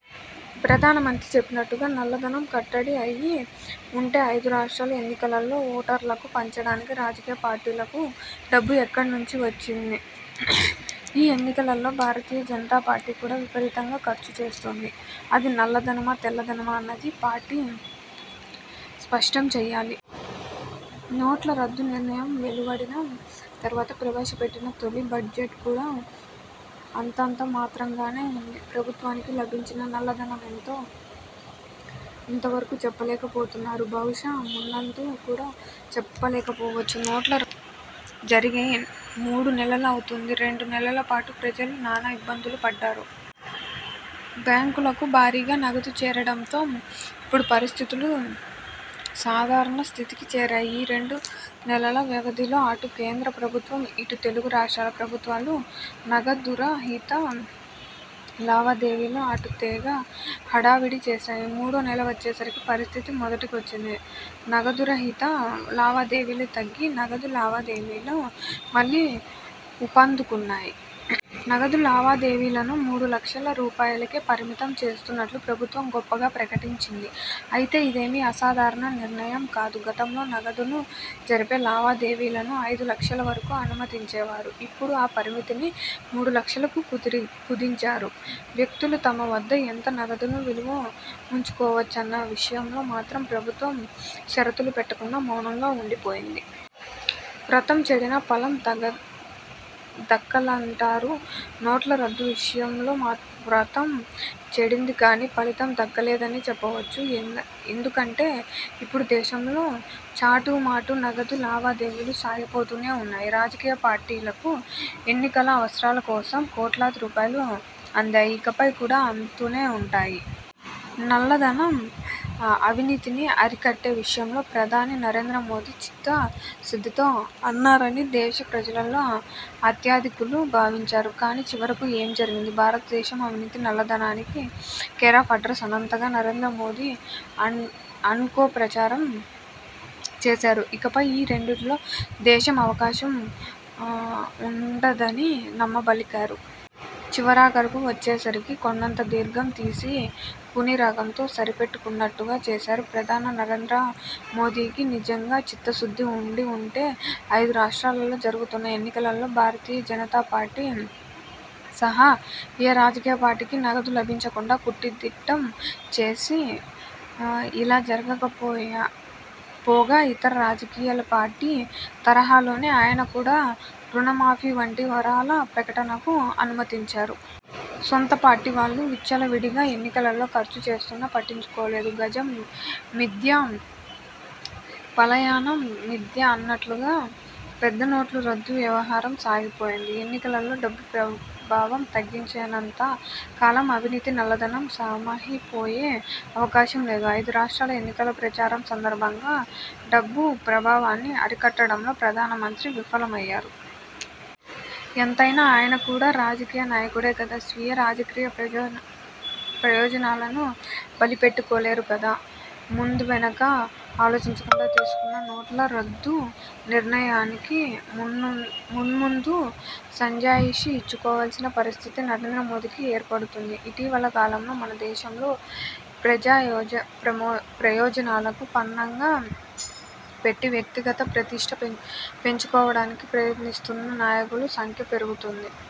ప్రధానమంత్రి చెప్పినట్టుగా నల్లధనం కట్టడి అయిఉంటే ఐదు రాష్ర్టాల ఎన్నికలలో ఓటర్లకు పంచడానికి రాజకీయ పార్టీలకు డబ్బు ఎక్కడ నుంచి వచ్చింది? ఈ ఎన్నికలలో భారతీయ జనతా పార్టీ కూడా విపరీతంగా ఖర్చుచేస్తోంది. అది నల్ల ధనమా? తెల్ల ధనమా? అన్నది ఆ పార్టీ స్పష్టం చేయాలి. నోట్ల రద్దు నిర్ణయం వెలువడిన తర్వాత ప్రవేశపెట్టిన తొలి బడ్జెట్ కూడా అంతంత మాత్రంగానే ఉంది. ప్రభుత్వానికి లభించిన నల్లధనం ఎంతో ఇంతవరకు చెప్పలేకపోతున్నారు. బహుశా మున్ముందు కూడా చెప్పలేకపోవచ్చు. నోట్ల రద్దు నిర్ణయం జరిగి మూడు నెలలు అవుతోంది. రెండు నెలలపాటు ప్రజలు నానా ఇబ్బందులుపడ్డారు. బ్యాంకులకు భారీగా నగదు చేరడంతో ఇప్పుడు పరిస్థితులు సాధారణ స్థితికి చేరాయి. ఈ రెండు నెలల వ్యవధిలో అటు కేంద్ర ప్రభుత్వం, ఇటు తెలుగు రాష్ర్టాల ప్రభుత్వాలు నగదురహిత లావాదేవీలు అంటూ తెగ హడావిడి చేశాయి. మూడో నెల వచ్చేసరికి పరిస్థితి మొదటికి వచ్చింది. నగదురహిత లావాదేవీలు తగ్గి నగదు లావాదేవీలు మళ్లీ ఊపందుకున్నాయి. నగదు లావాదేవీలను మూడు లక్షల రూపాయలకే పరిమితం చేస్తున్నట్టు ప్రభుత్వం గొప్పగా ప్రకటించింది. అయితే ఇదేమీ అసాధారణ నిర్ణయం కాదు. గతంలో నగదుతో జరిపే లావాదేవీలను ఐదు లక్షల వరకు అనుమతించేవారు. ఇప్పుడు ఆ పరిమితిని మూడు లక్షలకు కుదించారు. వ్యక్తులు తమ వద్ద ఎంత నగదును నిలువ ఉంచుకోవచ్చునన్న విషయంలో మాత్రం ప్రభుత్వం షరతులు పెట్టకుండా మౌనంగా ఉండిపోయింది. వ్రతం చెడినా ఫలం దక్కాలంటారు. నోట్ల రద్దు విషయంలో వ్రతం చెడింది కానీ ఫలితం దక్కలేదనే చెప్పవచ్చు. ఎందుకంటే ఇప్పుడు దేశంలో చాటుమాటు నగదు లావాదేవీలు సాగిపోతూనే ఉన్నాయి. రాజకీయ పార్టీలకు ఎన్నికల అవసరాల కోసం కోట్లాది రూపాయలు అందాయి. ఇకపై కూడా అందుతూనే ఉంటాయి. నల్లధనం- అవినీతిని అరికట్టే విషయంలో ప్రధాని నరేంద్ర మోదీ చిత్తశుద్ధితో అన్నారని దేశ ప్రజలలో అత్యధికులు భావించారు. కానీ చివరకు ఏం జరిగింది? భారతదేశం అవినీతి- నల్లధనానికి కేరాఫ్ అడ్రస్ అన్నంతగా నరేంద్ర మోదీ అండ్ కో ప్రచారం చేశారు. ఇకపై ఈ రెండింటిలో దేశంలో అవకాశం ఉండదని నమ్మబలికారు. చివరాఖరుకు వచ్చేసరికి కొండంత దీర్ఘం తీసి కూని రాగంతో సరిపెట్టినట్టుగా చేశారు. ప్రధాని నరేంద్ర మోదీకి నిజంగా చిత్తశుద్ధి ఉండి ఉంటే ఐదు రాష్ర్టాలలో జరుగుతున్న ఎన్నికలలో భారతీయ జనతాపార్టీ సహా ఏ రాజకీయ పార్టీకీ నగదు లభించకుండా కట్టుదిట్టం చేసి ఉండాల్సింది. అలా జరగకపోగా ఇతర రాజకీయ పార్టీల తరహాలోనే ఆయన కూడా రుణమాఫీ వంటి వరాల ప్రకటనకు అనుమతించారు. సొంత పార్టీ వాళ్లు విచ్చలవిడిగా ఎన్నికలలో ఖర్చు చేస్తున్నా పట్టించుకోలేదు. గజం మిథ్య పలాయనం మిథ్య అన్నట్టుగా పెద్దనోట్ల రద్దు వ్యవహారం సాగిపోయింది. ఎన్నికలలో డబ్బు ప్రభావం తగ్గించనంత కాలం అవినీతి, నల్లధనం సమహిపోయే అవకాశం లేదు. ఐదు రాష్ర్టాల ఎన్నికల ప్రచారం సందర్భంగా డబ్బు ప్రభావాన్ని అరికట్టడంలో ప్రధానమంత్రి విఫలమయ్యారు. ఎంతైనా ఆయన కూడా రాజకీయ నాయకుడే కదా! స్వీయ రాజకీయ ప్రయోజనాలను బలిపెట్టుకోలేరు కదా! ముందూవెనుకా ఆలోచించకుండా తీసుకున్న నోట్ల రద్దు నిర్ణయానికి మున్ముందు సంజాయిషీ ఇచ్చుకోవలసిన పరిస్థితి నరేంద్ర మోదీకి ఏర్పడుతుంది. ఇటీవలి కాలంలో మన దేశంలో ప్రజాప్రయోజనాలకు పణంగా పెట్టి వ్యక్తిగత ప్రతిష్ఠ పెంచుకోవడానికి ప్రయత్నిస్తున్న నాయకుల సంఖ్య పెరుగుతుంది.